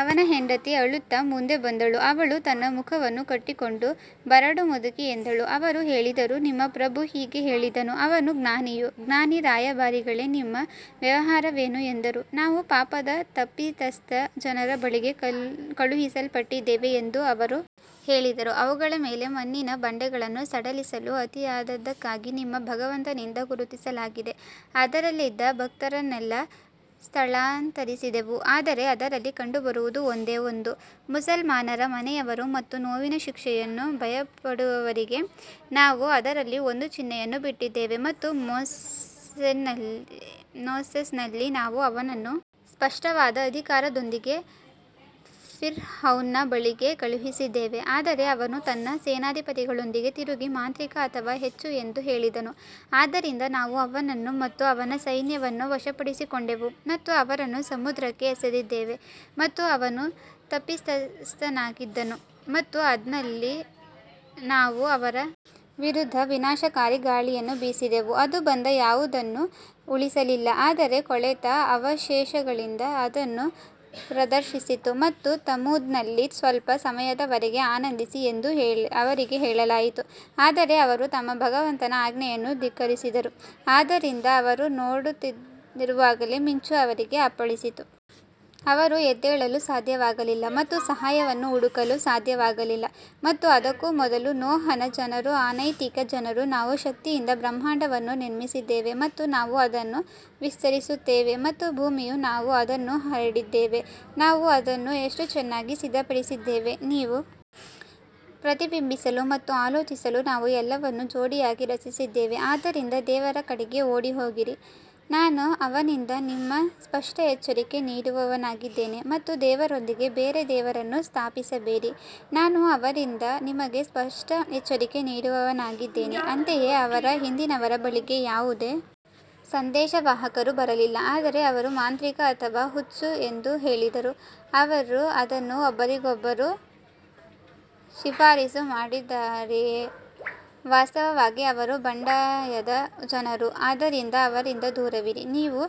ಅವನ ಹೆಂಡತಿ ಅಳುತ್ತಾ ಮುಂದೆ ಬಂದಳು ಅವಳು ತನ್ನ ಮುಖವನ್ನು ಕಟ್ಟಿಕೊಂಡು ಬರಡು ಮುದುಕಿ ಎಂದಳು ಅವರು ಹೇಳಿದರು ನಿಮ್ಮ ಪ್ರಭು ಹೀಗೆ ಹೇಳಿದನು ಅವನು ಜ್ಞಾನಿಯು ಜ್ಞಾನಿ ರಾಯಭಾರಿಗಳೇ ನಿಮ್ಮ ವ್ಯವಹಾರವೇನು ಎಂದರು ನಾವು ಪಾಪದ ತಪ್ಪಿತಸ್ಥ ಜನರ ಬಳಿಗೆ ಕಳುಹಿಸಲ್ಪಟ್ಟಿದ್ದೇವೆ ಎಂದು ಅವರು ಹೇಳಿದರು ಅವುಗಳ ಮೇಲೆ ಮಣ್ಣಿನ ಬಂಡೆಗಳನ್ನು ಸಡಿಲಿಸಲು ಅತಿಯಾದದ್ದಕ್ಕಾಗಿ ನಿಮ್ಮ ಭಗವಂತನಿಂದ ಗುರುತಿಸಲಾಗಿದೆ ಅದರಲ್ಲಿದ್ದ ಭಕ್ತರನ್ನೆಲ್ಲ ಸ್ಥಳಾಂತರಿಸಿದೆವು ಆದರೆ ಅದರಲ್ಲಿ ಕಂಡುಬರುವುದು ಒಂದೇ ಒಂದು ಮುಸಲ್ಮಾನರ ಮನೆಯವರು ಮತ್ತು ನೋವಿನ ಶಿಕ್ಷೆಯನ್ನು ಭಯಪಡುವವರಿಗೆ ನಾವು ಅದರಲ್ಲಿ ಒಂದು ಚಿಹ್ನೆಯನ್ನು ಬಿಟ್ಟಿದ್ದೇವೆ ಮತ್ತು ಮೋಸೆಸ್ನಲ್ಲಿ ನಾವು ಅವನನ್ನು ಸ್ಪಷ್ಟವಾದ ಅಧಿಕಾರದೊಂದಿಗೆ ಫಿರ್ಔನ್ನ ಬಳಿಗೆ ಕಳುಹಿಸಿದ್ದೇವೆ ಆದರೆ ಅವನು ತನ್ನ ಸೇನಾಧಿಪತಿಗಳೊಂದಿಗೆ ತಿರುಗಿ ಮಾಂತ್ರಿಕ ಅಥವಾ ಹುಚ್ಚು ಎಂದು ಹೇಳಿದನು ಆದ್ದರಿಂದ ನಾವು ಅವನನ್ನು ಮತ್ತು ಅವನ ಸೈನ್ಯವನ್ನು ವಶಪಡಿಸಿಕೊಂಡೆವು ಮತ್ತು ಅವರನ್ನು ಸಮುದ್ರಕ್ಕೆ ಎಸೆದಿದ್ದೇವೆ ಮತ್ತು ಅವನು ತಪ್ಪಿತಸ್ಥನಾಗಿದ್ದನು ಮತ್ತು ಆದ್ನಲ್ಲಿ ನಾವು ಅವರ ವಿರುದ್ಧ ವಿನಾಶಕಾರಿ ಗಾಳಿಯನ್ನು ಬೀಸಿದೆವು ಅದು ಬಂದ ಯಾವುದನ್ನೂ ಉಳಿಸಲಿಲ್ಲ ಆದರೆ ಕೊಳೆತ ಅವಶೇಷಗಳಂತೆ ಅದನ್ನು ಪ್ರದರ್ಶಿಸಿತು ಮತ್ತು ತಮೂದ್ನಲ್ಲಿ ಸ್ವಲ್ಪ ಸಮಯದವರೆಗೆ ಆನಂದಿಸಿ ಎಂದು ಅವರಿಗೆ ಹೇಳಲಾಯಿತು ಆದರೆ ಅವರು ತಮ್ಮ ಭಗವಂತನ ಆಜ್ಞೆಯನ್ನು ಧಿಕ್ಕರಿಸಿದರು, ಆದ್ದರಿಂದ ಅವರು ನೋಡುತ್ತಿರುವಾಗಲೇ ಮಿಂಚು ಅವರಿಗೆ ಅಪ್ಪಳಿಸಿತು ಅವರು ಎದ್ದೇಳಲು ಸಾಧ್ಯವಾಗಲಿಲ್ಲ ಮತ್ತು ಸಹಾಯವನ್ನು ಹುಡುಕಲು ಸಾಧ್ಯವಾಗಲಿಲ್ಲ ಮತ್ತು ಅದಕ್ಕೂ ಮೊದಲು ನೋಹನ ಜನರು ಅನೈತಿಕ ಜನರು ನಾವು ಶಕ್ತಿಯಿಂದ ಬ್ರಹ್ಮಾಂಡವನ್ನು ನಿರ್ಮಿಸಿದ್ದೇವೆ ಮತ್ತು ನಾವು ಅದನ್ನು ವಿಸ್ತರಿಸುತ್ತಿದ್ದೇವೆ ಮತ್ತು ಭೂಮಿಯು ನಾವು ಅದನ್ನು ಹರಡಿದ್ದೇವೆ ನಾವು ಅದನ್ನು ಎಷ್ಟು ಚೆನ್ನಾಗಿ ಸಿದ್ಧಪಡಿಸಿದ್ದೇವೆ ನೀವು ಪ್ರತಿಬಿಂಬಿಸಲು ಮತ್ತು ಆಲೋಚಿಸಲು ನಾವು ಎಲ್ಲವನ್ನೂ ಜೋಡಿಯಾಗಿ ರಚಿಸಿದ್ದೇವೆ ಆದ್ದರಿಂದ ದೇವರ ಕಡೆಗೆ ಓಡಿಹೋಗಿರಿ, ನಾನು ಅವನಿಂದ ನಿಮಗೆ ಸ್ಪಷ್ಟ ಎಚ್ಚರಿಕೆ ನೀಡುವವನಾಗಿದ್ದೇನೆ ಮತ್ತು ದೇವರೊಂದಿಗೆ ಬೇರೆ ದೇವರನ್ನು ಸ್ಥಾಪಿಸಬೇಡಿ, ನಾನು ಅವನಿಂದ ನಿಮಗೆ ಸ್ಪಷ್ಟ ಎಚ್ಚರಿಕೆ ನೀಡುವವನಾಗಿದ್ದೇನೆ ಅಂತೆಯೇ ಅವರ ಹಿಂದಿನವರ ಬಳಿಗೆ ಯಾವುದೇ ಸಂದೇಶವಾಹಕರು ಬರಲಿಲ್ಲ ಆದರೆ ಅವರು ಮಾಂತ್ರಿಕ ಅಥವಾ ಹುಚ್ಚು ಎಂದು ಹೇಳಿದರು ಅವರು ಅದನ್ನು ಒಬ್ಬರಿಗೊಬ್ಬರು ಶಿಫಾರಸು ಮಾಡಿದ್ದಾರೆಯೇ ವಾಸ್ತವವಾಗಿ ಅವರು ಬಂಡಾಯದ ಜನರು ಆದ್ದರಿಂದ ಅವರಿಂದ ದೂರವಿರಿ, ನೀವು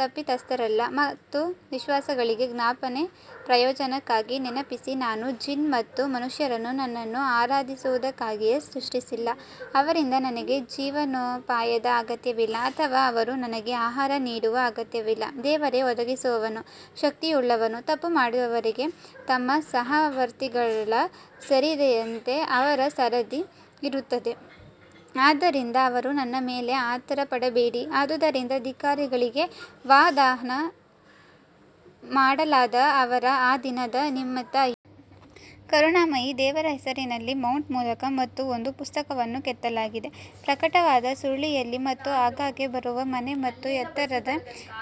ತಪ್ಪಿತಸ್ಥರಲ್ಲ ಮತ್ತು ವಿಶ್ವಾಸಿಗಳಿಗೆ ಜ್ಞಾಪನೆ ಪ್ರಯೋಜನಕ್ಕಾಗಿ ನೆನಪಿಸಿ ನಾನು ಜಿನ್ ಮತ್ತು ಮನುಷ್ಯರನ್ನು ನನ್ನನ್ನು ಆರಾಧಿಸುವುದಕ್ಕಾಗಿಯೇ ಸೃಷ್ಟಿಸಿಲ್ಲ ಅವರಿಂದ ನನಗೆ ಜೀವನೋಪಾಯದ ಅಗತ್ಯವಿಲ್ಲ ಅಥವಾ ಅವರು ನನಗೆ ಆಹಾರ ನೀಡುವ ಅಗತ್ಯವಿಲ್ಲ ದೇವರೇ ಒದಗಿಸುವವನು ಶಕ್ತಿಯುಳ್ಳವನು ತಪ್ಪು ಮಾಡುವವರಿಗೆ ತಮ್ಮ ಸಹವರ್ತಿಗಳ ಸರದಿಯಂತೆ ಅವರ ಸರದಿ ಇರುತ್ತದೆ ಆದ್ದರಿಂದ ಅವರು ನನ್ನ ಮೇಲೆ ಆತುರಪಡಬೇಡಿ ಆದುದರಿಂದ ಧಿಕ್ಕಾರಿಗಳಿಗೆ ವಾಗ್ದಾನ ಮಾಡಲಾದ ಅವರ ಆ ದಿನದ ನಿಮಿತ್ತ ಕರುಣಾಮಯಿ ದೇವರ ಹೆಸರಿನಲ್ಲಿ ಮೌಂಟ್ ಮೂಲಕ ಮತ್ತು ಒಂದು ಪುಸ್ತಕವನ್ನು ಕೆತ್ತಲಾಗಿದೆ ಪ್ರಕಟವಾದ ಸುರುಳಿಯಲ್ಲಿ ಮತ್ತು ಆಗಾಗ್ಗೆ ಬರುವ ಮನೆ ಮತ್ತು ಎತ್ತರದ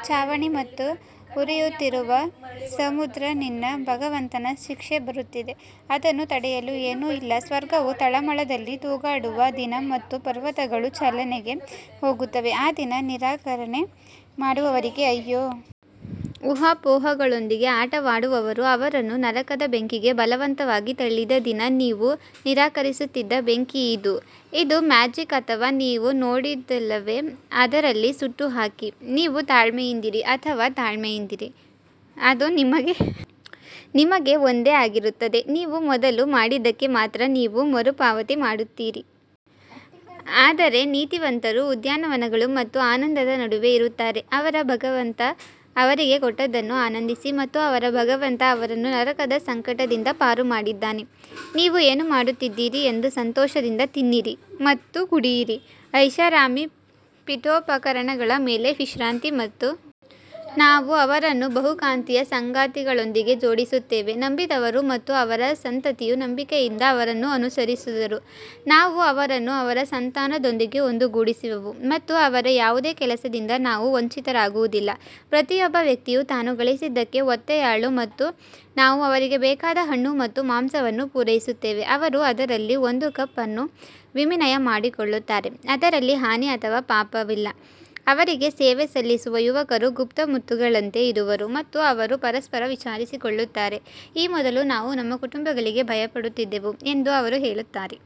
ಛಾವಣಿ ಮತ್ತು ಉರಿಯುತ್ತಿರುವ ಸಮುದ್ರ ನಿನ್ನ ಭಗವಂತನ ಶಿಕ್ಷೆ ಬರುತ್ತಿದೆ ಅದನ್ನು ತಡೆಯಲು ಏನೂ ಇಲ್ಲ ಸ್ವರ್ಗವು ತಳಮಳದಲ್ಲಿ ತೂಗಾಡುವ ದಿನ ಮತ್ತು ಪರ್ವತಗಳು ಚಲನೆಗೆ ಹೋಗುತ್ತವೆ ಆ ದಿನ ನಿರಾಕರಣೆ ಮಾಡುವವರಿಗೆ ಅಯ್ಯೋ! ಊಹಾಪೋಹಗಳೊಂದಿಗೆ ಆಟವಾಡುವವರು ಅವರನ್ನು ನರಕದ ಬೆಂಕಿಗೆ ಬಲವಂತವಾಗಿ ತಳ್ಳಿದ ದಿನ ನೀವು ನಿರಾಕರಿಸುತ್ತಿದ್ದ ಬೆಂಕಿ ಇದು ಇದು ಮ್ಯಾಜಿಕ್ ಅಥವಾ ನೀವು ನೋಡುವುದಿಲ್ಲವೇ ಅದರಲ್ಲಿ ಸುಟ್ಟುಹಾಕಿ, ನೀವು ತಾಳ್ಮೆಯಿಂದಿರಿ ಅಥವಾ ತಾಳ್ಮೆಯಿಂದಿರಿ, ಅದು ನಿಮಗೆ ಒಂದೇ ಆಗಿರುತ್ತದೆ, ನೀವು ಮೊದಲು ಮಾಡಿದ್ದಕ್ಕೆ ಮಾತ್ರ ನೀವು ಮರುಪಾವತಿ ಮಾಡುತ್ತೀರಿ. ಆದರೆ ನೀತಿವಂತರು ಉದ್ಯಾನವನಗಳು ಮತ್ತು ಆನಂದದ ನಡುವೆ ಇರುತ್ತಾರೆ ಅವರ ಭಗವಂತ ಅವರಿಗೆ ಕೊಟ್ಟದ್ದನ್ನು ಆನಂದಿಸಿ ಮತ್ತು ಅವರ ಭಗವಂತ ಅವರನ್ನು ನರಕದ ಸಂಕಟದಿಂದ ಪಾರು ಮಾಡಿದ್ದಾನೆ ನೀವು ಏನು ಮಾಡುತ್ತಿದ್ದೀರಿ ಎಂದು ಸಂತೋಷದಿಂದ ತಿನ್ನಿರಿ ಮತ್ತು ಕುಡಿಯಿರಿ ಐಷಾರಾಮಿ ಪೀಠೋಪಕರಣಗಳ ಮೇಲೆ ವಿಶ್ರಾಂತಿ ಮತ್ತು ನಾವು ಅವರನ್ನು ಬಹುಕಾಂತೀಯ ಸಂಗಾತಿಗಳೊಂದಿಗೆ ಜೋಡಿಸುತ್ತೇವೆ ನಂಬಿದವರು ಮತ್ತು ಅವರ ಸಂತತಿಯು ನಂಬಿಕೆಯಿಂದ ಅವರನ್ನು ಅನುಸರಿಸಿದರು ನಾವು ಅವರನ್ನು ಅವರ ಸಂತಾನದೊಂದಿಗೆ ಒಂದುಗೂಡಿಸುವೆವು ಮತ್ತು ಅವರ ಯಾವುದೇ ಕೆಲಸದಿಂದ ನಾವು ವಂಚಿತರಾಗುವುದಿಲ್ಲ ಪ್ರತಿಯೊಬ್ಬ ವ್ಯಕ್ತಿಯು ತಾನು ಗಳಿಸಿದ್ದಕ್ಕೆ ಒತ್ತೆಯಾಳು ಮತ್ತು ನಾವು ಅವರಿಗೆ ಬೇಕಾದ ಹಣ್ಣು ಮತ್ತು ಮಾಂಸವನ್ನು ಪೂರೈಸುತ್ತೇವೆ ಅವರು ಅದರಲ್ಲಿ ಒಂದು ಕಪ್ ಅನ್ನು ವಿನಿಮಯ ಮಾಡಿಕೊಳ್ಳುತ್ತಾರೆ, ಅದರಲ್ಲಿ ಹಾನಿ ಅಥವಾ ಪಾಪವಿಲ್ಲ ಅವರಿಗೆ ಸೇವೆ ಸಲ್ಲಿಸುವ ಯುವಕರು ಗುಪ್ತ ಮುತ್ತುಗಳಂತೆ ಇರುವರು ಮತ್ತು ಅವರು ಪರಸ್ಪರ ವಿಚಾರಿಸಿಕೊಳ್ಳುತ್ತಾರೆ ಈ ಮೊದಲು ನಾವು ನಮ್ಮ ಕುಟುಂಬಗಳಿಗೆ ಭಯಪಡುತ್ತಿದ್ದೆವು ಎಂದು ಅವರು ಹೇಳುತ್ತಾರೆ.